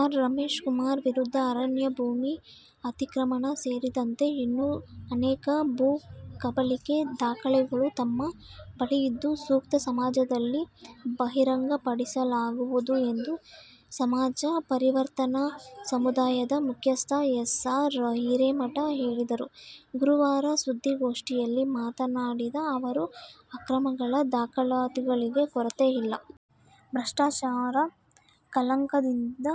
R. Rameshkumar ವಿರುದ್ಧ ಅರಣ್ಯ ಭೂಮಿ ಅತಿಕ್ರಮಣ ಸೇರಿದಂತೆ ಇನ್ನೂ ಅನೇಕ ಭೂ ಕಬಳಿಕೆ ದಾಖಲೆಗಳು ತಮ್ಮ ಬಳಿಯಿದ್ದು, ಸೂಕ್ತ ಸಮಯದಲ್ಲಿ ಬಹಿರಂಗಪಡಿಸಲಾಗುವುದು ಎಂದು ಸಮಾಜ ಪರಿವರ್ತನಾ ಸಮುದಾಯದ ಮುಖ್ಯಸ್ಥ ಎಸ್. ಆರ್. ಹಿರೇಮಠ ಹೇಳಿದರು. ಗುರುವಾರ ಸುದ್ದಿಗೋಷ್ಠಿಯಲ್ಲಿ ಮಾತನಾಡಿದ ಅವರು, ಅಕ್ರಮಗಳ ದಾಖಲಾತಿಗಳಿಗೆ ಕೊರತೆ ಇಲ್ಲ. ಭ್ರಷ್ಟಾಚಾರ ಕಳಂಕದಿಂದ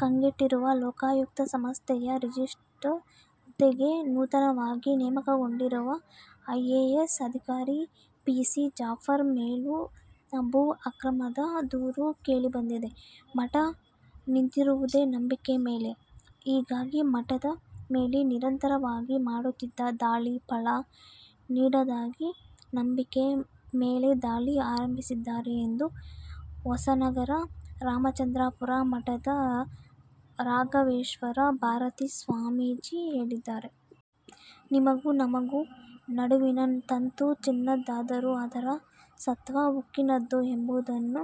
ಕಂಗೆಟ್ಟಿರುವ ಲೋಕಾಯುಕ್ತ ಸಂಸ್ಥೆಯ ರಿಜಿಸ್ಟ್ರಾರ್ ಹುದ್ದೆಗೆ ನೂತನವಾಗಿ ನೇಮಕಗೊಂಡಿರುವ ಐಎಎಸ್ ಅಧಿಕಾರಿ ಪಿ. ಸಿ. ಜಾಫರ್ ಮೇಲೂ ಭೂ ಅಕ್ರಮದ ದೂರು ಕೇಳಿಬಂದಿದೆ. ಮಠ ನಿಂತಿರುವುದೇ ನಂಬಿಕೆ ಮೇಲೆ. ಹೀಗಾಗಿ ಮಠದ ಮೇಲೆ ನಿರಂತರವಾಗಿ ಮಾಡುತ್ತಿದ್ದ ದಾಳಿ ಫಲ ನೀಡದಾಗ ನಂಬಿಕೆ ಮೇಲೆ ದಾಳಿ ಆರಂಭಿಸಿದ್ದಾರೆ ಎಂದು ಹೊಸನಗರ ರಾಮಚಂದ್ರಾಪುರ ಮಠದ ರಾಘವೇಶ್ವರ ಭಾರತೀ ಸ್ವಾಮೀಜಿ ಹೇಳಿದ್ದಾರೆ. ನಿಮಗೂ ನಮಗೂ ನಡುವಿನ ತಂತು ಚಿನ್ನದ್ದಾದರೂ ಅದರ ಸತ್ವ ಉಕ್ಕಿನದ್ದು ಎಂಬುದನ್ನು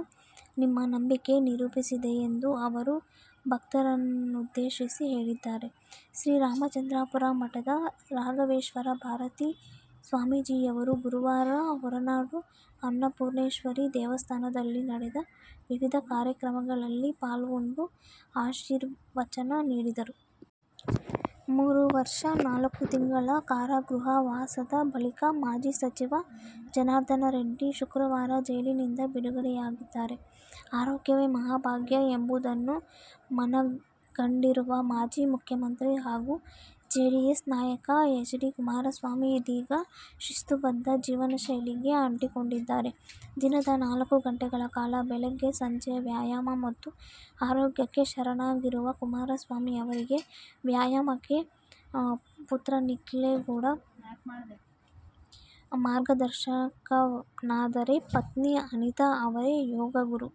ನಿಮ್ಮ ನಂಬಿಕೆ ನಿರೂಪಿಸಿದೆ ಎಂದೂ ಅವರು ಭಕ್ತರನ್ನುದ್ದೇಶಿಸಿ ಹೇಳಿದ್ದಾರೆ. ಶ್ರೀ ರಾಮಚಂದ್ರಾಪುರ ಮಠದ ರಾಘವೇಶ್ವರ ಭಾರತೀ ಸ್ವಾಮೀಜಿಯವರು ಗುರುವಾರ ಹೊರನಾಡು ಅನ್ನಪೂರ್ಣೇಶ್ವರಿ ದೇವಸ್ಥಾನದಲ್ಲಿ ನಡೆದ ವಿವಿಧ ಕಾರ್ಯ ಕ್ರಮಗಳಲ್ಲಿ ಪಾಲ್ಗೊಂಡು ಆಶೀರ್ವಚನ ನೀಡಿದರು. ಮೂರು ವರ್ಷ ನಾಲ್ಕು ತಿಂಗಳ ಕಾರಾಗೃಹ ವಾಸದ ಬಳಿಕ ಮಾಜಿ ಸಚಿವ ಜನಾರ್ದನ ರೆಡ್ಡಿ ಶುಕ್ರವಾರ ಜೈಲಿನಿಂದ ಬಿಡುಗಡೆಯಾಗಿದ್ದಾರೆ. "ಆರೋಗ್ಯವೇ ಮಹಾಭಾಗ್ಯ' ಎಂಬುದನ್ನು ಮನಗಂಡಿರುವ ಮಾಜಿ ಮುಖ್ಯಮಂತ್ರಿ ಹಾಗೂ ಜೆಡಿಎಸ್ ನಾಯಕ ಎಚ್. ಡಿ. ಕುಮಾರಸ್ವಾಮಿ ಇದೀಗ ಶಿಸ್ತುಬದ್ಧ ಜೀವನಶೈಲಿಗೆ ಅಂಟಿಕೊಂಡಿದ್ದಾರೆ. ದಿನದ ನಾಲ್ಕು ಗಂಟೆಗಳ ಕಾಲ ಬೆಳಗ್ಗೆ-ಸಂಜೆ ವ್ಯಾಯಾಮ ಮತ್ತು ಯೋಗಕ್ಕೆ ಶರಣಾಗಿರುವ ಕುಮಾರಸ್ವಾಮಿ ಅವರಿಗೆ ವ್ಯಾಯಾಮಕ್ಕೆ ಪುತ್ರ ನಿಖೀಲ್ಗೌಡ ಮಾರ್ಗದರ್ಶಕನಾದರೆ ಪತ್ನಿ ಅನಿತಾ ಅವರೇ ಯೋಗ ಗುರು.